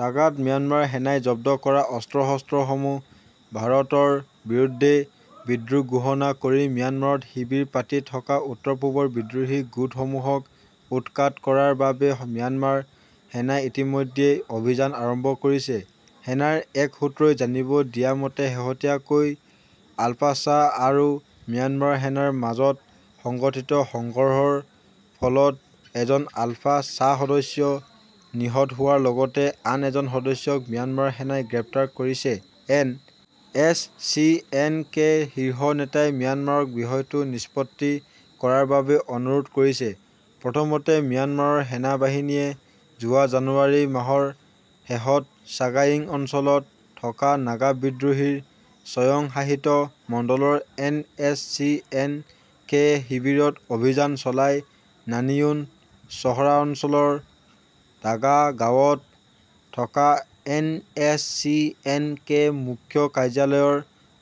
টাগাত Myanmar সেনাই জব্দ কৰা অস্ত্ৰ-শস্ত্ৰসমূহ ভাৰতৰ বিৰুদ্ধে বিদ্ৰোহ ঘোষণা কৰি ম্যানমাৰত শিবিৰ পাতি থকা উত্তৰ-পূবৰ বিদ্ৰোহী গোটসমূহক উৎখাত কৰাৰ বাবে ম্যানমাৰ সেনাই ইতিমধ্যে অভিযান আৰম্ভ কৰিছে। সেনাৰ এক সূত্ৰই জানিব দিয়া মতে শেহতীয়াকৈ আলফাস্বা আৰু ম্যানমাৰ সেনাৰ মাজত সংঘটিত সংঘৰ্ষৰ ফলত এজন আলফা স্বাসদস্য নিহত হোৱাৰ লগতে আন এজন সদস্যক ম্যানমাৰ সেনাই গ্ৰেপ্তাৰ কৰিছে। N S C N K শীৰ্ষ নেতাই ম্যানমাৰক বিষয়টো নিষ্পত্তি কৰাৰ বাবে অনুৰোধ কৰিছে। প্ৰথমতে ম্যানমাৰৰ সেনা বাহিনীয়ে যোৱা জানুৱাৰি মাহৰ শেষত ছাগায়িং অঞ্চলত থকা নাগা বিদ্ৰোহীৰ স্বয়ং শাসিত মণ্ডলৰ N S C N K শিৱিৰত অভিযান চলাই নানিয়ুন চহৰাঞ্চলৰ টাগা গাঁৱত থকা N S C N K মুখ্য কাৰ্যালয়ৰ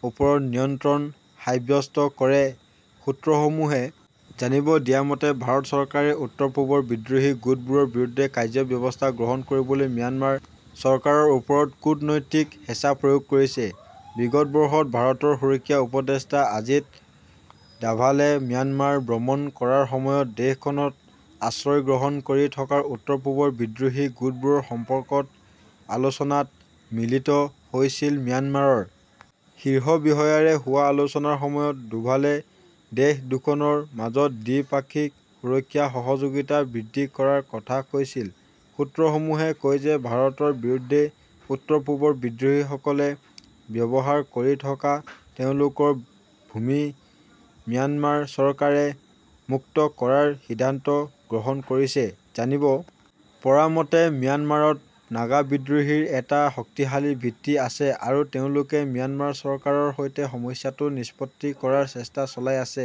ওপৰত নিয়ন্ত্ৰণ সাৱ্যস্ত কৰে। সূত্ৰসমূহে জানিব দিয়া মতে ভাৰত চৰকাৰে উত্তৰ-পূবৰ বিদ্ৰোহী গোটবোৰৰ বিৰুদ্ধে কাৰ্য ব্যৱস্থা গ্ৰহণ কৰিবলৈ ম্যানমাৰ চৰকাৰৰ ওপৰত কূটনৈতিক হেচা প্ৰয়োগ কৰিছে। বিগত বৰ্ষত ভাৰতৰ সুৰক্ষা উপদেষ্টা অজিত ডাভালে ম্যানমাৰ ভ্ৰমণ কৰাৰ সময়ত দেশখনত আশ্ৰয় গ্ৰহণ কৰি থকা উত্তৰ-পূবৰ বিদ্ৰোহী গোটবোৰৰ সম্পৰ্কত আলোচনাত মিলিত হৈছিল। ম্যানমাৰৰ শীৰ্ষ বিষয়াৰে হোৱা আলোচনাৰ সময়ত ডোভালে দেশ দুখনৰ মাজত দ্বি-পাক্ষিক সুৰক্ষা সহযোগিতা বৃদ্ধি কৰাৰ কথা কৈছিল। সূত্ৰসমূহে কয় যে ভাৰতৰ বিৰুদ্ধে উত্তৰ-পূবৰ বিদ্ৰোহীসকলে ব্যৱহাৰ কৰি থকা তেওঁলোকৰ ভূমি ম্যানমাৰ চৰকাৰে মুক্ত কৰাৰ সিদ্ধান্ত গ্ৰহণ কৰিছে। জানিব পৰা মতে ম্যানমাৰত নাগা বিদ্ৰোহীৰ এটা শক্তিশালী ভিত্তি আছে আৰু তেওঁলোকে ম্যানমাৰ চৰকাৰৰ সৈতে সমস্যাটো নিষ্পত্তি কৰাৰ চেষ্টা চলাই আছে।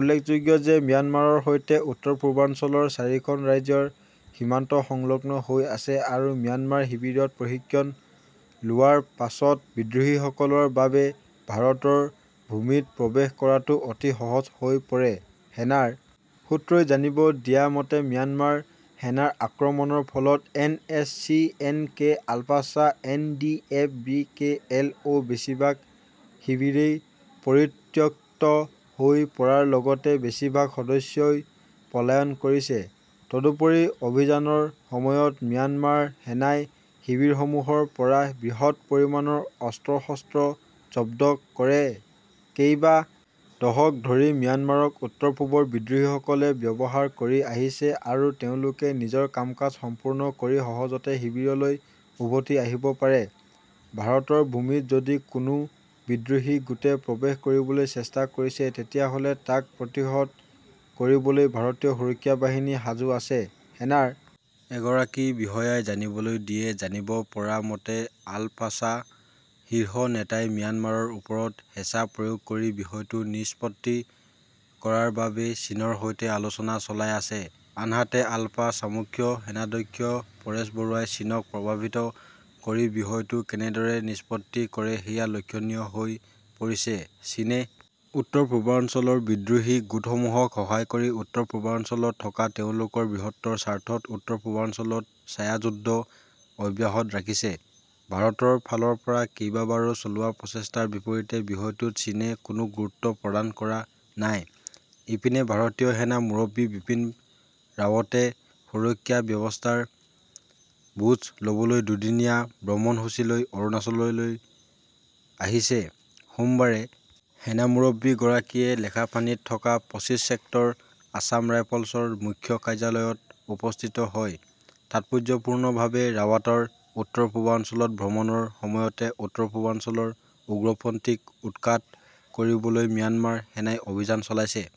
উল্লেখযোগ্য যে ম্যানমাৰৰ সৈতে উত্তৰ-পূৰ্বাঞ্চলৰ চাৰিখন ৰাজ্যৰ সীমান্ত সংলগ্ন হৈ আছে আৰু ম্যানমাৰ শিৱিৰত প্ৰশিক্ষণ লোৱাৰ পাছত বিদ্ৰোহীসকলৰ বাবে ভাৰতৰ ভূমিত প্ৰৱেশ কৰাটো অতি সহজ হৈ পৰে। সেনাৰ সূত্ৰই জানিব দিয়া মতে ম্যানমাৰ সেনাৰ আক্ৰমণৰ ফলত N S C N K আলফাস্বা N D F B K L O বেছিভাগ শিৱিৰেই পৰিত্যক্ত হৈ পৰাৰ লগতে বেছিভাগ সদস্যই পলায়ন কৰিছে। তদুপৰি অভিযানৰ সময়ত ম্যানমাৰ সেনাই শিৱিৰসমূহৰ পৰা বৃহৎ পৰিমানৰ অস্ত্ৰ-শস্ত্ৰ জব্দ কৰে। কেইবা দশক ধৰি ম্যানমাৰক উত্তৰ-পূবৰ বিদ্ৰোহীসকলে ব্যৱহাৰ কৰি আহিছে আৰু তেওঁলোকে নিজৰ কাম-কাজ সম্পূৰ্ণ কৰি সহজতে শিৱিৰলৈ উভতি আহিব পাৰে। ভাৰতৰ ভূমিত যদি কোনো বিদ্ৰোহী গোটে প্ৰৱেশ কৰিবলৈ চেষ্টা কৰে তেতিয়াহলে তাক প্ৰতিহত কৰিবলৈ ভাৰতীয় সুৰক্ষা বাহিনী সাজু আছে। সেনাৰ এগৰাকী বিষয়াই জানিবলৈ দিয়ে। জানিব পৰা মতে আলফাস্বা শীৰ্ষ নেতাই ম্যানমাৰৰ ওপৰত হেচা প্ৰয়োগ কৰি বিষয়টো নিষ্পত্তি কৰাৰ বাবে চীনৰ সৈতে আলোচনা চলাই আছে। আনহাতে আলফা স্বামুখ্য সেনাধ্যক্ষ পৰেশ বৰুৱাই চীনক প্ৰভাৱিত কৰি বিষয়টো কেনেদৰে নিষ্পত্তি কৰে সেয়া লক্ষণীয় হৈ পৰিছে। চীনে উত্তৰ-পূৰ্বাঞ্চলৰ বিদ্ৰোহী গোটসমূহক সহায় কৰি উত্তৰ-পূৰ্বাঞ্চলত থকা তেওঁলোকৰ বৃহত্তৰ স্বাৰ্থত উত্তৰ-পূৰ্বাঞ্চলত ছায়াযুদ্ধ অব্যাহত ৰাখিছে। ভাৰতৰ ফালৰ পৰা কেইবাবাৰো চলোৱা প্ৰচেষ্টাৰ বিপৰীতে বিষয়টোত চীনে কোনো গুৰুত্ব প্ৰদান কৰা নাই। ইপিনে ভাৰতীয় সেনা মুৰব্বী বিপিন ৰাৱটে সুৰক্ষা ব্যৱস্থাৰ বুজ লবলৈ দুদিনীয়া ভ্ৰমণসূচীলৈ অৰুণাচললৈ আহিছে। সোমবাৰে সেনা মুৰব্বী গৰাকীয়ে লেখাপানীত থকা পঁচিশ ছেক্টৰ আছাম ৰাইফলছৰ মুখ্য কাৰ্যালয়ত উপস্থিত হয়। তাৎপৰ্যপূৰ্ণভাৱে ৰাৱাটৰ উত্তৰ-পূৰ্বাঞ্চলত ভ্ৰমণৰ সময়তে উত্তৰ-পূৰ্বাঞ্চলৰ উগ্ৰপন্থীক উৎখাত কৰিবলৈ ম্যানমাৰ সেনাই অভিযান চলাইছে।